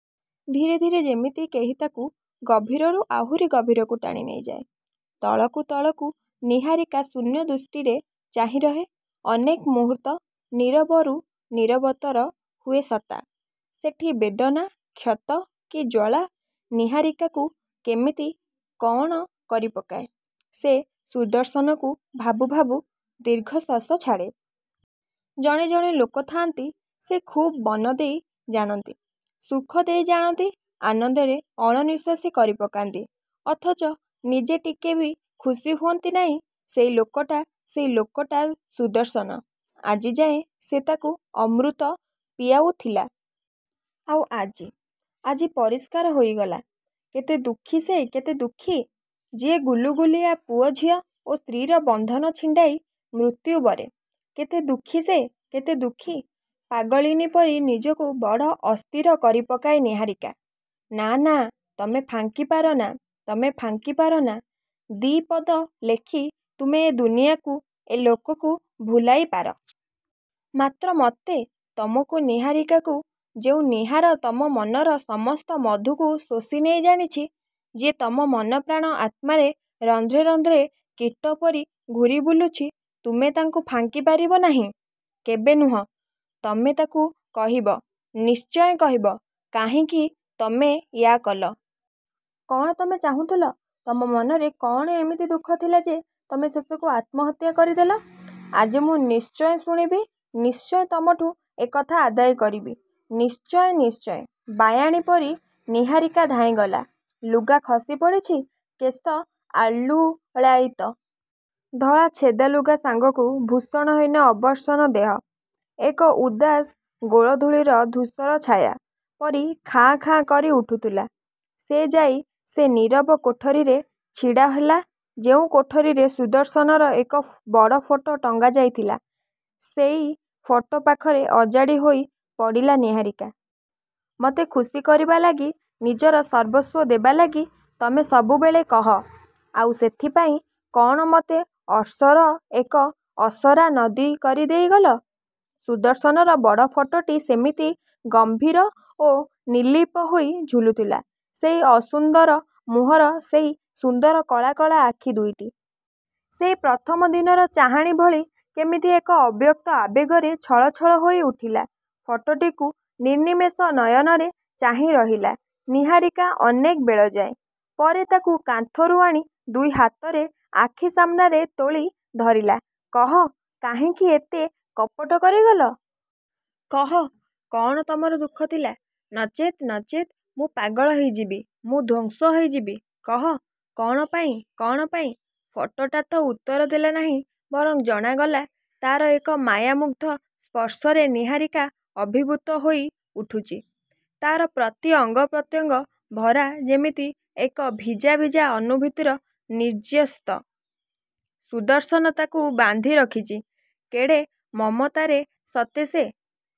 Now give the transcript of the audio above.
ଧୀରେ ଧୀରେ ଯେମିତି କେହି ତାକୁ ଗଭୀରରୁ ଆହୁରି ଗଭୀରକୁ ଟାଣିନେଇଯାଏ। ତଳକୁ ତଳକୁ। ନିହାରିକା ଶୂନ୍ୟଦୃଷ୍ଟିରେ ଚାହିଁରହେ ଅନେକ ମୁହୂର୍ତ୍ତ। ନୀରବରୁ ନୀରବତର ହୁଏ ସତ୍ତା। ସେଠି ବେଦନା, କ୍ଷତ, କି ଜ୍ୱାଳା ନିହାରିକାକୁ କେମିତି କଅଣ କରିପକାଏ-! ସେ ସୁଦର୍ଶନକୁ ଭାବୁ ଭାବୁ ଦୀର୍ଘଶ୍ୱାସ ଛାଡ଼େ। ଜଣେ ଜଣେ ଲୋକ ଥାଆନ୍ତି, ସେ ଖୁବ୍ ମନ ନେଇ ଜାଣନ୍ତି। ସୁଖ ଦେଇ ଜାଣନ୍ତି, ଆନନ୍ଦରେ ଅଣନିଃଶ୍ଵାସୀ କରିପକାନ୍ତି। ଅଥଚ ନିଜେ ଟିକେ ବି ଖୁସି ହୁଅନ୍ତି ନାଇଁ ସେଇ ଲୋକଟା, ସେଇ ଲୋକଟା ସୁଦର୍ଶନ। ଆଜି ଯାଏଁ ସେ ତାକୁ ଅମୃତ ପିଆଉଥିଲା। ଆଉ ଆଜି, ଆଜି ପରିଷ୍କାର ହୋଇଗଲା, କେତେ ଦୁଃଖୀ ସେ, କେତେ ଦୁଃଖୀ। ଯିଏ ଗୁଲିଗୁଲିଆ ପୁଅଝିଅ ଓ ସ୍ତ୍ରୀର ବନ୍ଧନ ଛିଣ୍ଡାଇ ମୃତ୍ୟୁ ବରେ, କେତେ ଦୁଃଖୀ ସେ! କେତେ ଦୁଃଖୀ! ପାଗଳିନୀ ପରି ନିଜକୁ ବଡ଼ ଅସ୍ଥିର କରିପକାଏ ନିହାରିକା। ନାଁ, ନାଁ ତମେ ଫାଙ୍କି ପାର ନା, ତମେ ଫାଙ୍କି ପାର ନା, ଦି ପଦ ଲେଖି, ତମେ ଏ ଦୁନିଆକୁ, ଏ ଲୋକଙ୍କୁ ଭୁଲାଇପାର। ମାତ୍ର ମୋତେ? ତମର ନିହାରକୁ? ଯେଉଁ ନିହାର, ତମ ମନର ସମସ୍ତ ମଧୁକୁ ଶୋଷିନେଇ ଜାଣିଛି, ଯିଏ ତମ ମନପ୍ରାଣ ଆତ୍ମାରେ ରନ୍ଧ୍ରେ ରନ୍ଧ୍ରେ କୀଟ ପରି ଘୂରିବୁଲୁଚି, ତମେ ତାକୁ ଫାଙ୍କିପାରିବ ନାହିଁ, କେବେ ନୁହଁ, ତମେ ତାକୁ କହିବ; ନିଶ୍ଚୟ କହିବ। କାହିଁକି ତମେ ୟା କଲ? କଣ ତମେ ଚାହୁଁଥିଲ? ତମ ମନରେ କ'ଣ ଏମିତି ଦୁଃଖ ଥିଲା ଯେ ତମେ ଶେଷକୁ ଆତ୍ମହତ୍ୟା କରିଦେଲ? ଆଜି ମୁଁ ନିଶ୍ଚୟ ଶୁଣିବି। ନିଶ୍ଚୟ ତମଠୁ ଏ କଥା ଆଦାୟ କରିବି। ନିଶ୍ଚୟ, ନିଶ୍ଚୟ। ବାୟାଣୀ ପରି ନିହାରିକା ଧାଇଁଗଲା। ଲୁଗା ଖସି ପଡ଼ିଚି, କେଶ ଆଲୁଳାୟିତ। ଧଳା ଛେଦାଲୁଗା ସାଙ୍ଗକୁ ଭୂଷଣହୀନ ଅବସନ୍ନ ଦେହ ଏକ ଉଦାସ ଗୋଧୂଳିର ଧୂସର ଛାୟା ପରି ଖାଁ ଖାଁ କରି ଉଠୁଥିଲା। ସେ ଯାଇ ସେଇ ନୀରବ କୋଠରୀରେ ଛିଡ଼ାହେଲା; ଯେଉଁ କୋଠରୀରେ ସୁଦର୍ଶନର ଏକ ବଡ଼ ଫଟୋ ଟଙ୍ଗା ଯାଇଥିଲା। ସେଇ ଫଟୋ ପାଖରେ ଅଜାଡ଼ି ହୋଇ ପଡ଼ିଲା ନିହାରିକା। ମତେ ସୁଖୀ କରିବା ଲାଗି, ନିଜର ସର୍ବସ୍ଵ ଦେବା ଲାଗି ତମେ ସବୁବେଳେ କହ, ଆଉ ସେଥିପାଇଁ କଣ ମତେ ଅଶ୍ରୁର ଏକ ଅସରା ନଦୀ କରି ଦେଇଗଲ? ସୁଦର୍ଶନର ବଡ଼ ଫଟୋଟି ସେମିତି ଗମ୍ଭୀର ଓ ନିର୍ଲିପ୍ତ ହୋଇ ଝୁଲୁଥିଲା। ସେଇ ଅସୁନ୍ଦର ମୁହଁର ସେହି ସୁନ୍ଦର କଳା କଳା ଆଖି ଦୁଇଟି। ସେହି ପ୍ରଥମ ଦିନର ଚାହାଣି ଭଳି କେମିତି ଏକ ଅବ୍ୟକ୍ତ ଆବେଗରେ ଛଳ ଛଳ ହୋଇ ଉଠିଲା। ଫଟୋଟିକୁ ନିର୍ନିମେଷ ନୟନରେ ଚାହିଁରହିଲା ନିହାରିକା ଅନେକ ବେଳଯାଏ। ପରେ ତାକୁ କାନ୍ଥରୁ ଆଣି ଦୁଇ ହାତରେ ଆଖି ସାମ୍ନାରେ ତୋଳି ଧରିଲା-କହ, କାହିଁକି ଏତେ କପଟ କରି ଗଲ? କହ, କ'ଣ ତମର ଦୁଃଖ ଥିଲା-? ନଚେତ୍, ନଚେତ୍ ମୁଁ ପାଗଳ ହେଇଯିବି, ମୁଁ ଧ୍ଵଂସ ହୋଇଯିବି! କହ କ'ଣପାଇଁ, କ'ଣ ପାଇଁ-? ଫଟୋଟା ତ ଉତ୍ତର ଦେଲା ନାହିଁ, ବରଂ ଜଣାଗଲା, ତାର ଏକ ମାୟା-ମୁଗ୍ଧ ସ୍ପର୍ଶରେ ନିହାରିକା ଅଭିଭୂତ ହୋଇ ଉଠୁଚି। ତାର ପ୍ରତି ଅଙ୍ଗପ୍ରତ୍ୟଙ୍ଗ ଭରା ଯେମିତି ଏକ ଭିଜା ଭିଜା ଅନୁଭୂତିର ନିର୍ଯ୍ୟାସ। ସୁଦର୍ଶନ ତାକୁ ବାନ୍ଧି ରଖିଚି, କେଡ଼େ ମମତାରେ ସତେ ସେ